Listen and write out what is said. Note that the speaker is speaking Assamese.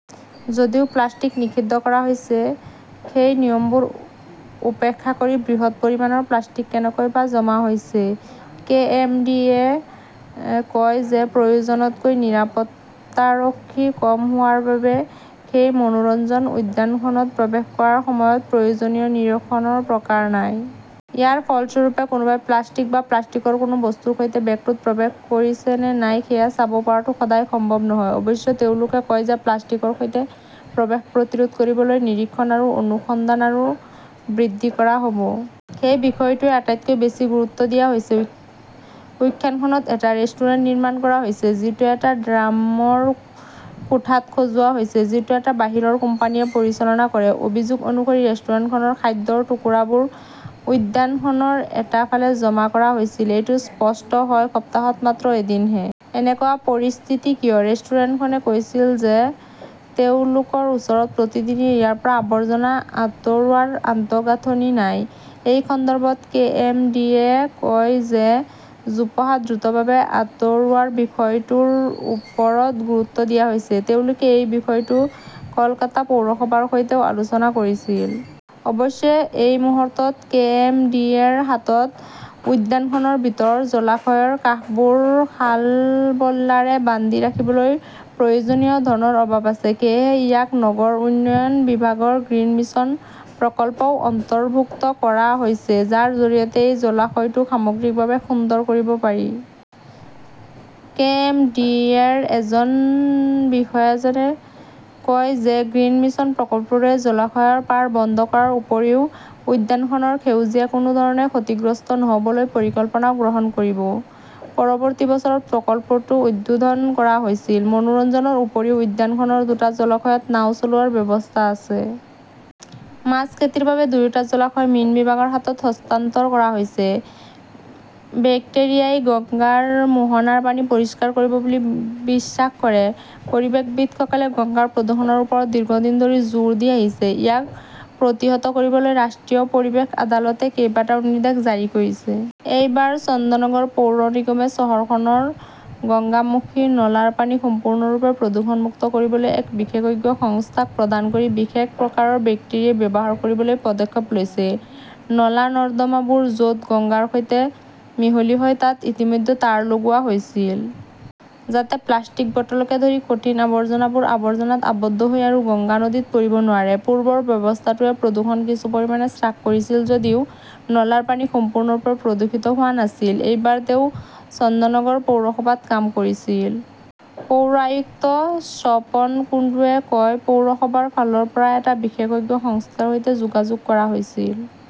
যদিও প্লাষ্টিক নিষিদ্ধ কৰা হৈছে, সেই নিয়মবোৰ উপেক্ষা কৰি বৃহৎ পৰিমাণৰ প্লাষ্টিক কেনেকৈ বা জমা হৈছে? কে. এম. ডি. এ. -য়ে কয় যে প্ৰয়োজনতকৈ নিৰাপত্তাৰক্ষী কম হোৱাৰ বাবে সেই মনোৰঞ্জন উদ্যানখনত প্ৰৱেশ কৰাৰ সময়ত প্ৰয়োজনীয় নিৰীক্ষণৰ প্ৰকাৰ নাই। ইয়াৰ ফলস্বৰূপে, কোনোবাই প্লাষ্টিক বা প্লাষ্টিকৰ কোনো বস্তুৰ সৈতে বেগটোত প্ৰৱেশ কৰিছে নে নাই সেয়া চাব পৰাটো সদায় সম্ভৱ নহয়। অৱশ্যে তেওঁলোকে কয় যে প্লাষ্টিকৰ সৈতে প্ৰৱেশ প্ৰতিৰোধ কৰিবলৈ নিৰীক্ষণ আৰু অনুসন্ধান আৰু বৃদ্ধি কৰা হ 'ব। সেই বিষয়টোৱেই আটাইতকৈ বেছি গুৰুত্ব দিয়া হৈছে। উদ্যানখনত এটা ৰেষ্টুৰেণ্ট নিৰ্মাণ কৰা হৈছে ,যিটো এটা ট্ৰামৰ কোঠাত সজোৱা হৈছে, যিটো এটা বাহিৰৰ কোম্পানীয়ে পৰিচালনা কৰে। অভিযোগ অনুসৰি ৰেষ্টুৰেণ্টখনৰ খাদ্যৰ টুকুৰাবোৰ উদ্যানখনৰ এটা ফালে জমা কৰা হৈছিল ,এইটো স্পষ্ট হয় সপ্তাহত মাত্ৰ এদিনহে। এনেকুৱা পৰিস্থিতি কিয়? ৰেষ্টুৰেণ্টখনে কৈছিল যে তেওঁলোকৰ ওচৰত প্ৰতিদিনে ইয়াৰ পৰা আৱৰ্জনা আঁতৰোৱাৰ আন্তঃগাঁথনি নাই। এই সন্দৰ্ভত কে. এম. ডি. এ. -য়ে কয় যে জোপোহা দ্ৰুতভাৱে আঁতৰোৱাৰ বিষয়টোৰ ওপৰত গুৰুত্ব দিয়া হৈছে। তেওঁলোকে এই বিষয়টো কলকাতা পৌৰসভাৰ সৈতেও আলোচনা কৰিছিল। অৱশ্যে এই মুহূৰ্তত কে. এম. ডি. এ. -ৰ হাতত উদ্যানখনৰ ভিতৰৰ জলাশয়ৰ কাষবোৰ শালবল্লাৰে বান্ধি ৰাখিবলৈ প্ৰয়োজনীয় ধনৰ অভাৱ আছে। সেয়েহে ইয়াক নগৰ উন্নয়ন বিভাগৰ গ্ৰীণ মিছন প্ৰকল্পত অন্তৰ্ভুক্ত কৰা হৈছে, যাৰ জৰিয়তে এই জলাশয়টো সামগ্ৰিকভাৱে সুন্দৰ কৰিব পাৰি। কে. এম. ডি. এ. -ৰ এজন বিষয়াজনে কয় যে গ্ৰীণ মিছন প্ৰকল্পটোৱে জলাশয়ৰ পাৰ বন্ধ কৰাৰ উপৰিও উদ্যানখনৰ সেউজীয়া কোনো ধৰণে ক্ষতিগ্ৰস্ত নহ'বলৈ পৰিকল্পনাও গ্ৰহণ কৰিব। পৰৱৰ্তী বছৰত প্ৰকল্পটো উদ্বোধন কৰা হৈছিল। মনোৰঞ্জনৰ উপৰিও উদ্যানখনৰ দুটা জলাশয়ত নাওঁ চলোৱাৰ ব্যৱস্থা আছে। মাছ খেতিৰ বাবে দুয়োটা জলাশয় মীন বিভাগৰ হাতত হস্তান্তৰ কৰা হৈছে। বেক্টেৰিয়াই গংগাৰ মোহনাৰ পানী পৰিষ্কাৰ কৰিব বুলি বিশ্বাস কৰে পৰিৱেশবিদসকলে গংগাৰ প্ৰদূষণৰ ওপৰত দীৰ্ঘদিন ধৰি জোৰ দি আহিছে। ইয়াক প্ৰতিহত কৰিবলৈ ৰাষ্ট্ৰীয় পৰিৱেশ আদালতে কেইবাটাও নিৰ্দেশ জাৰি কৰিছে। এইবাৰ, চন্দননগৰ পৌৰ নিগমে চহৰখনৰ গংগামুখী নলাৰ পানী সম্পূৰ্ণৰূপে প্ৰদূষণমুক্ত কৰিবলৈ এক বিশেষজ্ঞ সংস্থাক প্ৰদান কৰি বিশেষ প্ৰকাৰৰ বেক্টেৰিয়া ব্যৱহাৰ কৰিবলৈ পদক্ষেপ লৈছে। নলা-নৰ্দমাবোৰ য 'ত গংগাৰ সৈতে মিহলি হয় তাত ইতিমধ্যে তাঁৰ লগোৱা হৈছিল। যাতে প্লাষ্টিক, বটলকে ধৰি কঠিন আৱৰ্জনাবোৰ আৱৰ্জনাত আবদ্ধ হৈ আৰু গংগা নদীত পৰিব নোৱাৰে। পূৰ্বৰ ব্যৱস্থাটোৱে প্ৰদূষণ কিছু পৰিমাণে হ্ৰাস কৰিছিল যদিও নলাৰ পানী সম্পূৰ্ণৰূপে প্ৰদূষিত হোৱা নাছিল। এইবাৰ তেওঁ চন্দননগৰ পৌৰসভাত কাম কৰিছিল। পৌৰ আয়ুক্ত স্বপন কুণ্ডুৱে কয়, পৌৰসভাৰ ফালৰ পৰা এটা বিশেষজ্ঞ সংস্থাৰ সৈতে যোগাযোগ কৰা হৈছিল।